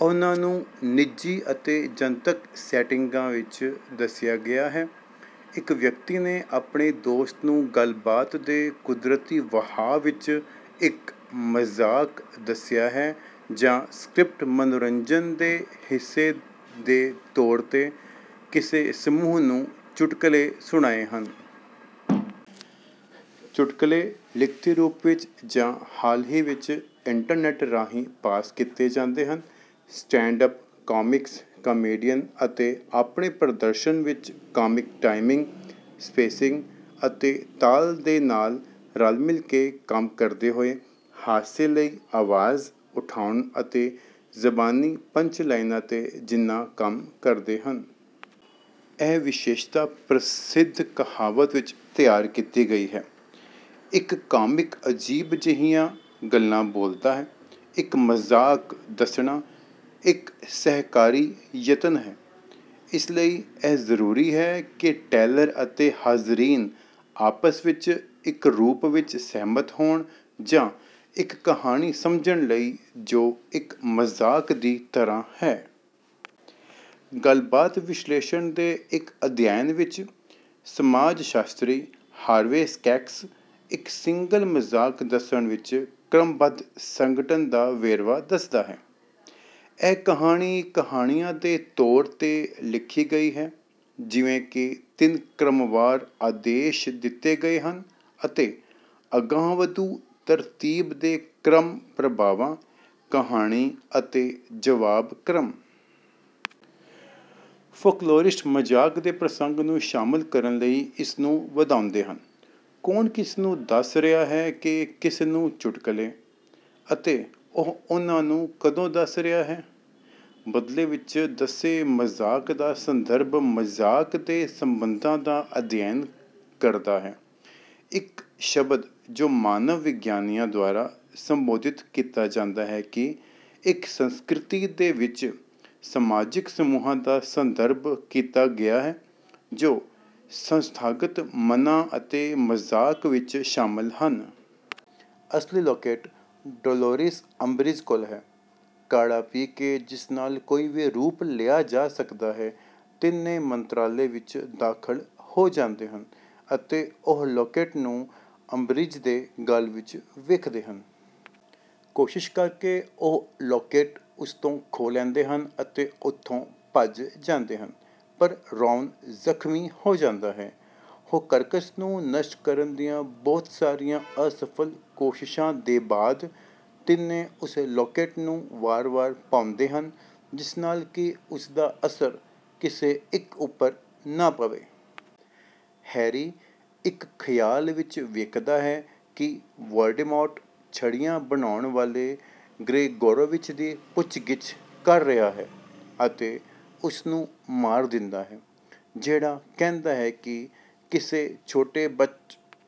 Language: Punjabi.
ਉਹਨਾਂ ਨੂੰ ਨਿੱਜੀ ਅਤੇ ਜਨਤਕ ਸੈਟਿੰਗਾਂ ਵਿੱਚ ਦੱਸਿਆ ਗਿਆ ਹੈ। ਇੱਕ ਵਿਅਕਤੀ ਨੇ ਆਪਣੇ ਦੋਸਤ ਨੂੰ ਗੱਲਬਾਤ ਦੇ ਕੁਦਰਤੀ ਵਹਾਅ ਵਿੱਚ ਇੱਕ ਮਜ਼ਾਕ ਦੱਸਿਆ ਹੈ ਜਾਂ ਸਕ੍ਰਿਪਟ ਮਨੋਰੰਜਨ ਦੇ ਹਿੱਸੇ ਦੇ ਤੌਰ ’ਤੇ ਕਿਸੇ ਸਮੂਹ ਨੂੰ ਚੁਟਕਲੇ ਸੁਣਾਏ ਹਨ। ਚੁਟਕਲੇ ਲਿਖਤੀ ਰੂਪ ਵਿੱਚ ਜਾਂ, ਹਾਲ ਹੀ ਵਿੱਚ, ਇੰਟਰਨੈੱਟ ਰਾਹੀਂ ਪਾਸ ਕੀਤੇ ਜਾਂਦੇ ਹਨ। ਸਟੈਂਡ-ਅੱਪ ਕਾਮਿਕਸ, ਕਾਮੇਡੀਅਨ ਅਤੇ ਆਪਣੇ ਪ੍ਰਦਰਸ਼ਨ ਵਿੱਚ ਕਾਮਿਕ ਟਾਈਮਿੰਗ, ਸਪੇਸਿੰਗ ਅਤੇ ਤਾਲ ਦੇ ਨਾਲ ਰਲ-ਮਿਲ ਕੇ ਕੰਮ ਕਰਦੇ ਹੋਏ, ਹਾਸੇ ਲਈ ਆਵਾਜ਼ ਉਠਾਉਣ ਅਤੇ ਜ਼ਬਾਨੀ ਪੰਚਲਾਈਨਾਂ ’ਤੇ ਜਿੰਨਾ ਕੰਮ ਕਰਦੇ ਹਨ। ਇਹ ਵਿਸ਼ੇਸ਼ਤਾ ਪ੍ਰਸਿੱਧ ਕਹਾਵਤ ਵਿੱਚ ਤਿਆਰ ਕੀਤੀ ਗਈ ਹੈ: “ਇੱਕ ਕਾਮਿਕ ਅਜੀਬ ਜਿਹੀਆਂ ਗੱਲਾਂ ਬੋਲਦਾ ਹੈ; ਇੱਕ ਮਜ਼ਾਕ ਦੱਸਣਾ ਇੱਕ ਸਹਿਕਾਰੀ ਯਤਨ ਹੈ। ਇਸ ਲਈ ਇਹ ਜ਼ਰੂਰੀ ਹੈ ਕਿ ਟੈਲਰ ਅਤੇ ਹਾਜ਼ਰੀਨ ਆਪਸ ਵਿੱਚ ਇੱਕ ਰੂਪ ਵਿੱਚ ਸਹਿਮਤ ਹੋਣ ਜਾਂ ਇੱਕ ਕਹਾਣੀ ਸਮਝਣ ਲਈ ਜੋ ਇੱਕ ਮਜ਼ਾਕ ਦੀ ਤਰ੍ਹਾਂ ਹੈ।” ਗੱਲਬਾਤ ਵਿਸ਼ਲੇਸ਼ਣ ਦੇ ਇੱਕ ਅਧਿਐਨ ਵਿੱਚ, ਸਮਾਜ-ਸ਼ਾਸਤਰੀ ਹਾਰਵੇ ਸਕੈਕਸ ਇੱਕ ਸਿੰਗਲ ਮਜ਼ਾਕ ਦੱਸਣ ਵਿੱਚ ਕ੍ਰਮਬੱਧ ਸੰਗਠਨ ਦਾ ਵੇਰਵਾ ਦੱਸਦਾ ਹੈ। “ਇਹ ਕਹਾਣੀ ਕਹਾਣੀਆਂ ਦੇ ਤੌਰ ’ਤੇ ਲਿਖੀ ਗਈ ਹੈ, ਜਿਵੇਂ ਕਿ ਤਿੰਨ ਕ੍ਰਮਵਾਰ ਆਦੇਸ਼ ਦਿੱਤੇ ਗਏ ਹਨ ਅਤੇ ਅਗਾਂਹਵਧੂ ਤਰਤੀਬ ਦੇ ਕ੍ਰਮ—ਪ੍ਰਭਾਵਾਂ, ਕਹਾਣੀ ਅਤੇ ਜਵਾਬ ਕ੍ਰਮ।” ਫੋਕਲੋਰਿਸਟ ਮਜ਼ਾਕ ਦੇ ਪ੍ਰਸੰਗ ਨੂੰ ਸ਼ਾਮਲ ਕਰਨ ਲਈ ਇਸ ਨੂੰ ਵਧਾਉਂਦੇ ਹਨ: ਕੌਣ ਕਿਸਨੂੰ ਦੱਸ ਰਿਹਾ ਹੈ ਕਿ ਕਿਸ ਨੂੰ ਚੁਟਕਲੇ? ਅਤੇ ਉਹ ਉਨ੍ਹਾਂ ਨੂੰ ਕਦੋਂ ਦੱਸ ਰਿਹਾ ਹੈ? ਬਦਲੇ ਵਿੱਚ ਦੱਸੇ ਮਜ਼ਾਕ ਦਾ ਸੰਦਰਭ ਮਜ਼ਾਕ ਦੇ ਸੰਬੰਧਾਂ ਦਾ ਅਧਿਐਨ ਕਰਦਾ ਹੈ, ਇੱਕ ਸ਼ਬਦ ਜੋ ਮਾਨਵ-ਵਿਗਿਆਨੀਆਂ ਦੁਆਰਾ ਸੰਬੋਧਿਤ ਕੀਤਾ ਜਾਂਦਾ ਹੈ ਕਿ ਇੱਕ ਸੰਸਕ੍ਰਿਤੀ ਦੇ ਵਿੱਚ ਸਮਾਜਿਕ ਸਮੂਹਾਂ ਦਾ ਸੰਦਰਭ ਕੀਤਾ ਗਿਆ ਹੈ, ਜੋ ਸੰਸਥਾਗਤ ਮਨਾਂ ਅਤੇ ਮਜ਼ਾਕ ਵਿੱਚ ਸ਼ਾਮਲ ਹਨ। ਅਸਲੀ ਲੌਕੇਟ ਡੋਲੋਰਿਸ ਅੰਬਰਿਜ ਕੋਲ ਹੈ। ਕਾੜ੍ਹਾ ਪੀ ਕੇ, ਜਿਸ ਨਾਲ ਕੋਈ ਵੀ ਰੂਪ ਲਿਆ ਜਾ ਸਕਦਾ ਹੈ, ਤਿੰਨੇ ਮੰਤਰਾਲੇ ਵਿੱਚ ਦਾਖ਼ਲ ਹੋ ਜਾਂਦੇ ਹਨ ਅਤੇ ਉਹ ਲੌਕੇਟ ਨੂੰ ਅੰਬਰਿਜ ਦੇ ਗਲ ਵਿੱਚ ਵੇਖਦੇ ਹਨ। ਕੋਸ਼ਿਸ਼ ਕਰਕੇ ਉਹ ਲੌਕੇਟ ਉਸ ਤੋਂ ਖੋਹ ਲੈਂਦੇ ਹਨ ਅਤੇ ਉੱਥੋਂ ਭੱਜ ਜਾਂਦੇ ਹਨ, ਪਰ ਰੌਨ ਜ਼ਖ਼ਮੀ ਹੋ ਜਾਂਦਾ ਹੈ। ਹੋਕਰਕਸ ਨੂੰ ਨਸ਼ਟ ਕਰਨ ਦੀਆਂ ਬਹੁਤ ਸਾਰੀਆਂ ਅਸਫ਼ਲ ਕੋਸ਼ਿਸ਼ਾਂ ਦੇ ਬਾਅਦ, ਤਿੰਨੇ ਉਸ ਲੌਕੇਟ ਨੂੰ ਵਾਰ-ਵਾਰ ਪਾਉਂਦੇ ਹਨ, ਜਿਸ ਨਾਲ ਕਿ ਉਸ ਦਾ ਅਸਰ ਕਿਸੇ ਇੱਕ ਉੱਪਰ ਨਾ ਪਵੇ। ਹੈਰੀ ਇੱਕ ਖ਼ਿਆਲ ਵਿੱਚ ਵੇਖਦਾ ਹੈ ਕਿ ਵੌਲਡੇਮੌਰਟ ਛੜੀਆਂ ਬਣਾਉਣ ਵਾਲੇ ਗ੍ਰੇਗੋਰੋਵਿਚ ਦੀ ਪੁੱਛਗਿੱਛ ਕਰ ਰਿਹਾ ਹੈ ਅਤੇ ਉਸ ਨੂੰ ਮਾਰ ਦਿੰਦਾ ਹੈ, ਜਿਹੜਾ ਕਹਿੰਦਾ ਹੈ ਕਿ ਕਿਸੇ ਛੋਟੇ ਬੱਚ...